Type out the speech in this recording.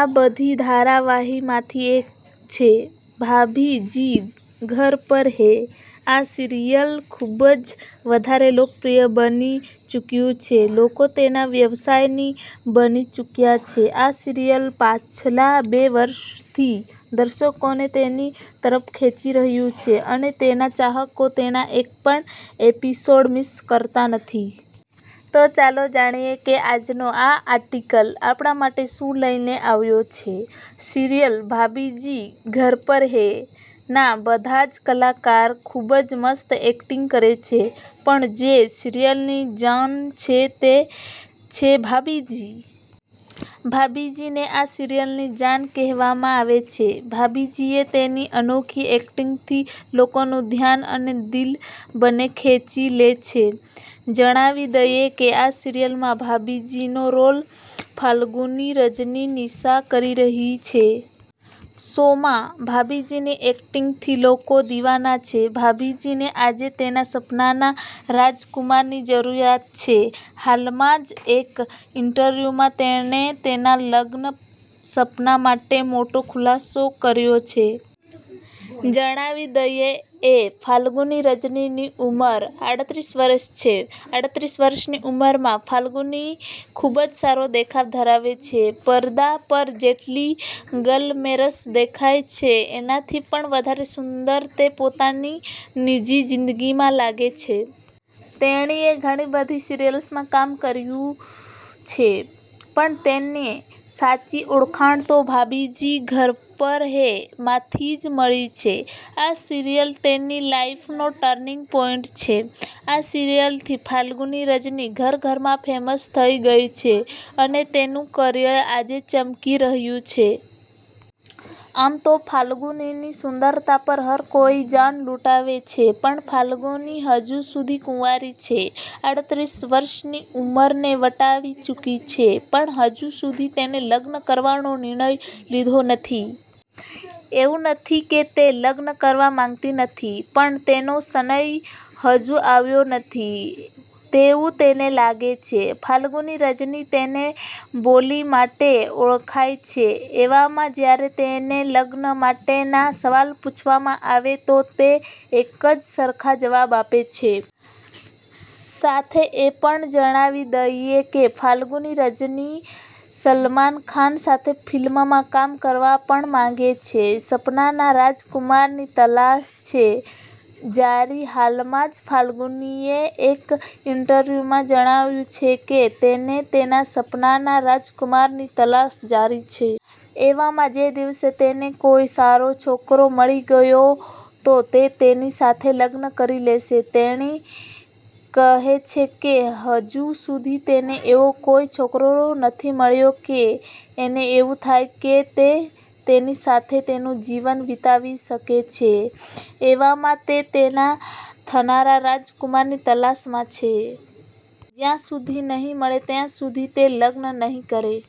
આ બધી ધારાવાહિક માંથી એક છે 'ભાભી જી ઘર પર હે'. આ સિરિયલ ખુબજ વધારે લોકપ્રિય બની ચૂક્યું છે. લોકો તેના વ્યવસાય ની બની ચુક્યા છે. આ સિરિયલ પાછલા બે વર્ષો થી દર્શકો ને તેની તરફ ખેંચી રહ્યું છે અને તેના ચાહકો તેનો એક પણ એપિસોડ મિસ કરતા નથી. તો ચાલો જાણીએ કે આજનો આ આર્ટિકલ આપણા માટે શુ લઈ ને આવ્યો છે. સિરિયલ 'ભાભી જી ઘર પર હે' ના બધા જ કલાકાર ખુબજ મસ્ત એક્ટિંગ કરે છે, પણ જે સિરિયલ ની જાન છે તે છે ભાભીજી. ભાભીજી ને આ સિરિયલ ની જાન કહેવામાં આવે છે. ભાભી તેની અનોખી એક્ટિંગ થી લોકો નું ધ્યાન અને દિલ બન્ને ખેંચી લે છે. જણાવી દઈએ કે આ સિરિયલ માં ભાભીજી નો રોલ ફાલ્ગુની રજની નિશા કરી રહી છે. શો માં ભાભીજી ની એક્ટિંગ થી લોકો દીવાના છે. ભાભીજી ને આજે તેના સપના ના રાજકુમાર ની જરૂરિયાત છે. હાલ માજ એક ઇન્ટરવ્યૂ માં તેણે તેના લગ્ન સપના માટે મોટો ખુલાસો કર્યો છે. જણાવી દઈએ એ ફાલ્ગુની રજની ની ઉંમર આડત્રીસ વર્ષ છે. આડત્રીસ વર્ષ ની ઉમર માં ફાલ્ગુની ખુબજ સારો દેખાવ ધરાવે છે. પરદા પર જેટલી ગ્લેમરસ દેખાય છે એનાથી પણ વધારે સુંદર તે પોતાની નિજી જિંદગી માં લાગે છે. તેણીએ ઘણી બધી સિરિયલ્સ માં કામ કર્યું છે પણ તેને સાચી ઓળખાણ તો ભાભીજી ઘર પર હે માંથી જ મળી છે. આ સિરિયલ તેની લાઈફ નો ટર્નિંગ પોઇન્ટ છે. આ સિરિયલ થી ફાલ્ગુની રજની ઘર ઘર માં ફેમસ થઈ ગઈ છે અને તેનું કરિયર આજે ચમકી રહ્યું છે. .આમ તો ફાલ્ગુની ની સુંદરતા પર હર કોઈ જાન લૂંટાવે છે, પણ ફાલ્ગુની હજુ સુધી કુંવારી છે. આડત્રીસ વર્ષ ની ઉંમર ને વટાવી ચુકી છે પણ હજુ સુધી તેણે લગ્ન કરવાનો નિર્ણય લીધો નથી. એવું નથી કે તે લગ્ન કરવા માંગતી નથી પણ તેનો સનય હજુ આવ્યો નથી તેવું તેને લાગે છે. ફાલ્ગુની રજની તેની બોલી માટે ઓળખાય છે. એવામાં જ્યારે તેને લગ્ન માટે ના સવાલ પૂછવામાં આવે તો તે એકજ સરખા જવાબ આપે છે. સાથે એ પણ જણાવી દઈએ કે ફાલ્ગુની રજની સલમાન ખાન સાથે ફિલ્મ માં કામ કરવા પણ માંગે છે. સપના ના રાજકુમાર ની તલાશ છે જારી હાલ માં જ ફાલ્ગુની એ એક ઇન્ટરવ્યૂ માં જણાવ્યું છે કે તેને તેના સપનાના રાજકુમાર ની તલાશ જારી છે. એવામાં જે દિવસે તેને કોઈ સારો છોકરો મળી ગયો, તો તે તેની સાથે લગ્ન કરી લેશે. તેણી કહે છે કે હજુ સુધી તેને એવો કોઈ છોકરો નથી મળ્યો કે એને એવું થાય કે તે તેની સાથે તેનું જીવન વિતાવી શકે છે, એવામાં તે તેના થનારા રાજકુમાર ની તલાશ માં છે. જ્યાં સુધી નહીં મળે ત્યાં સુધી તે લગ્ન નહિ કરે.